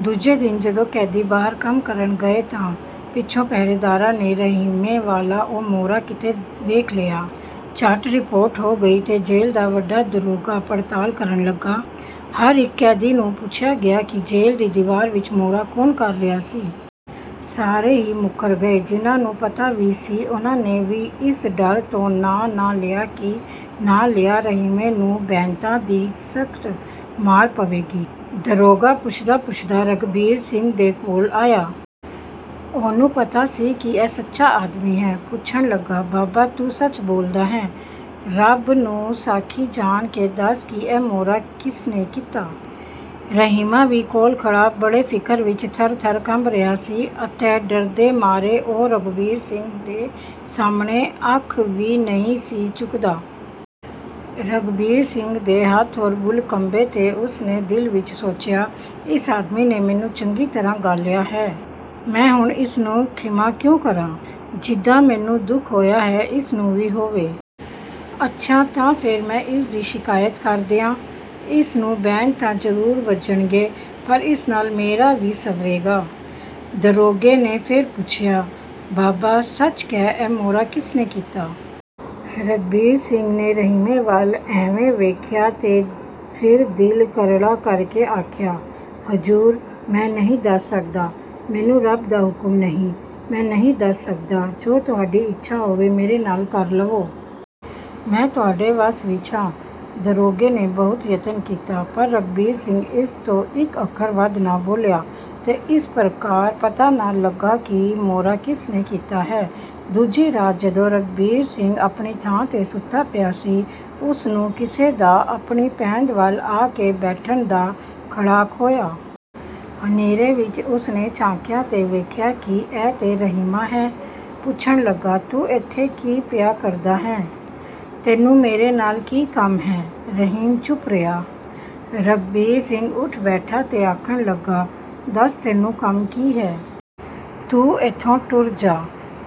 ਦੂਜੇ ਦਿਨ ਜਦੋਂ ਕੈਦੀ ਬਾਹਰ ਕੰਮ ਕਰਨ ਗਏ ਤਾਂ ਪਿੱਛੋਂ ਪਹਿਰੇਦਾਰਾਂ ਨੇ ਰਹੀਮੇ ਵਾਲਾ ਉਹ ਮੋਰਾ ਕਿਤੇ ਵੇਖ ਲਿਆ। ਝੱਟ ਰਿਪੋਰਟ ਹੋ ਗਈ ਤੇ ਜੇਲ੍ਹ ਦਾ ਵੱਡਾ ਦਰੋਗਾ ਪੜਤਾਲ ਕਰਨ ਲੱਗਾ। ਹਰ ਇੱਕ ਕੈਦੀ ਤੋਂ ਪੁੱਛਿਆ ਗਿਆ ਕਿ ਜੇਲ੍ਹ ਦੀ ਦੀਵਾਰ ਵਿੱਚ ਮੋਰਾ ਕੌਣ ਕਰ ਰਿਹਾ ਸੀ। ਸਾਰੇ ਹੀ ਮੁੱਕਰ ਗਏ। ਜਿਨ੍ਹਾਂ ਨੂੰ ਪਤਾ ਵੀ ਸੀ, ਉਨ੍ਹਾਂ ਨੇ ਵੀ ਇਸ ਡਰ ਤੋਂ ਨਾਂ ਨਾ ਲਿਆ ਕਿ ਨਾਂ ਲਿਆਂ ਰਹੀਮੇ ਨੂੰ ਬੈਂਤਾਂ ਦੀ ਸਖ਼ਤ ਮਾਰ ਪਵੇਗੀ। ਦਰੋਗਾ ਪੁੱਛਦਾ-ਪੁੱਛਦਾ ਰਘਬੀਰ ਸਿੰਘ ਦੇ ਕੋਲ ਆਇਆ। ਉਹਨੂੰ ਪਤਾ ਸੀ ਕਿ ਇਹ ਸੱਚਾ ਆਦਮੀ ਹੈ। ਪੁੱਛਣ ਲੱਗਾ, "ਬਾਬਾ, ਤੂੰ ਸੱਚ ਬੋਲਦਾ ਹੈਂ। ਰੱਬ ਨੂੰ ਸਾਖੀ ਜਾਣ ਕੇ ਦੱਸ ਕਿ ਇਹ ਮੋਰਾ ਕਿਸ ਨੇ ਕੀਤਾ?" ਰਹੀਮਾ ਵੀ ਕੋਲ ਖੜ੍ਹਾ ਬੜੇ ਫ਼ਿਕਰ ਵਿੱਚ ਥਰ-ਥਰ ਕੰਬ ਰਿਹਾ ਸੀ ਅਤੇ ਡਰਦੇ ਮਾਰੇ ਉਹ ਰਘਬੀਰ ਸਿੰਘ ਦੇ ਸਾਹਮਣੇ ਅੱਖ ਵੀ ਨਹੀਂ ਸੀ ਚੁੱਕਦਾ। ਰਘਬੀਰ ਸਿੰਘ ਦੇ ਹੱਥ ਅਰ ਬੁੱਲ੍ਹ ਕੰਬੇ ਤੇ ਉਸ ਨੇ ਦਿਲ ਵਿੱਚ ਸੋਚਿਆ, "ਇਸ ਆਦਮੀ ਨੇ ਮੈਨੂੰ ਚੰਗੀ ਤਰ੍ਹਾਂ ਗਾਲਿਆ ਹੈ। ਮੈਂ ਹੁਣ ਇਸ ਨੂੰ ਖ਼ਿਮਾ ਕਿਉਂ ਕਰਾਂ? ਜਿੱਦਾਂ ਮੈਨੂੰ ਦੁੱਖ ਹੋਇਆ ਹੈ, ਇਸ ਨੂੰ ਵੀ ਹੋਵੇ। ਅੱਛਾ ਤਾਂ ਫਿਰ ਮੈਂ ਇਸ ਦੀ ਸ਼ਿਕਾਇਤ ਕਰ ਦਿਆਂ? ਇਸ ਨੂੰ ਬੈਂਤ ਤਾਂ ਜ਼ਰੂਰ ਵੱਜਣਗੇ, ਪਰ ਇਸ ਨਾਲ ਮੇਰਾ ਕੀ ਸੰਵਰੇਗਾ?" ਦਰੋਗੇ ਨੇ ਫਿਰ ਪੁੱਛਿਆ, "ਬਾਬਾ, ਸੱਚ ਕਹੁ, ਇਹ ਮੋਰਾ ਕਿਸ ਨੇ ਕੀਤਾ?" ਰਘਬੀਰ ਸਿੰਘ ਨੇ ਰਹੀਮੇ ਵੱਲ ਐਵੇਂ ਵੇਖਿਆ ਤੇ ਫਿਰ ਦਿਲ ਕਰੜਾ ਕਰਕੇ ਆਖਿਆ, "ਹਜ਼ੂਰ! ਮੈਂ ਨਹੀਂ ਦੱਸ ਸਕਦਾ। ਮੈਨੂੰ ਰੱਬ ਦਾ ਹੁਕਮ ਨਹੀਂ। ਮੈਂ ਨਹੀਂ ਦੱਸ ਸਕਦਾ। ਜੋ ਤੁਹਾਡੀ ਇੱਛਾ ਹੋਵੇ, ਮੇਰੇ ਨਾਲ ਕਰ ਲਵੋ। ਮੈਂ ਤੁਹਾਡੇ ਵੱਸ ਵਿੱਚ ਹਾਂ।" ਦਰੋਗੇ ਨੇ ਬਹੁਤ ਯਤਨ ਕੀਤਾ, ਪਰ ਰਘਬੀਰ ਸਿੰਘ ਇਸ ਤੋਂ ਇੱਕ ਅੱਖਰ ਵੱਧ ਨਾ ਬੋਲਿਆ, ਤੇ ਇਸ ਪ੍ਰਕਾਰ ਪਤਾ ਨਾ ਲੱਗਾ ਕਿ ਮੋਰਾ ਕਿਸ ਨੇ ਕੀਤਾ ਹੈ। ਦੂਜੀ ਰਾਤ ਜਦੋਂ ਰਘਬੀਰ ਸਿੰਘ ਆਪਣੀ ਥਾਂ ਤੇ ਸੁੱਤਾ ਪਿਆ ਸੀ, ਉਸ ਨੂੰ ਕਿਸੇ ਦਾ ਆਪਣੀ ਪੈਂਦ ਵੱਲ ਆ ਕੇ ਬੈਠਣ ਦਾ ਖੜਾਕ ਹੋਇਆ। ਹਨੇਰੇ ਵਿਚ ਉਸ ਨੇ ਝਾਕਿਆ ਤਾਂ ਵੇਖਿਆ ਕਿ ਇਹ ਤਾਂ ਰਹੀਮਾ ਹੈ। ਪੁੱਛਣ ਲੱਗਾ, "ਤੂੰ ਇੱਥੇ ਕੀ ਪਿਆ ਕਰਦਾ ਹੈਂ? ਤੈਨੂੰ ਮੇਰੇ ਨਾਲ ਕੀ ਕੰਮ ਹੈ?" ਰਹੀਮ ਚੁੱਪ ਰਿਹਾ। ਰਘਬੀਰ ਸਿੰਘ ਉੱਠ ਬੈਠਾ ਤੇ ਆਖਣ ਲੱਗਾ, "ਦੱਸ, ਤੈਨੂੰ ਕੰਮ ਕੀ ਹੈ? ਤੂੰ ਇੱਥੋਂ ਟੁਰ ਜਾਹ,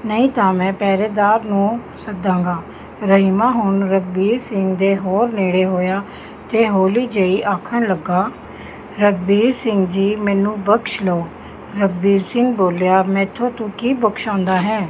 ਨਹੀਂ ਤਾਂ ਮੈਂ ਪਹਿਰੇਦਾਰ ਨੂੰ ਸੱਦਾਂਗਾ।" ਰਹੀਮਾ ਹੁਣ ਰਘਬੀਰ ਸਿੰਘ ਦੇ ਹੋਰ ਨੇੜੇ ਹੋਇਆ ਤੇ ਹੌਲੀ ਜਿਹੀ ਆਖਣ ਲੱਗਾ, "ਰਘਬੀਰ ਸਿੰਘ ਜੀ! ਮੈਨੂੰ ਬਖ਼ਸ਼ ਲਓ।" ਰਘਬੀਰ ਸਿੰਘ ਬੋਲਿਆ, "ਮੈਥੋਂ ਤੂੰ ਕੀ ਬਖ਼ਸ਼ਾਂਦਾ ਹੈਂ?"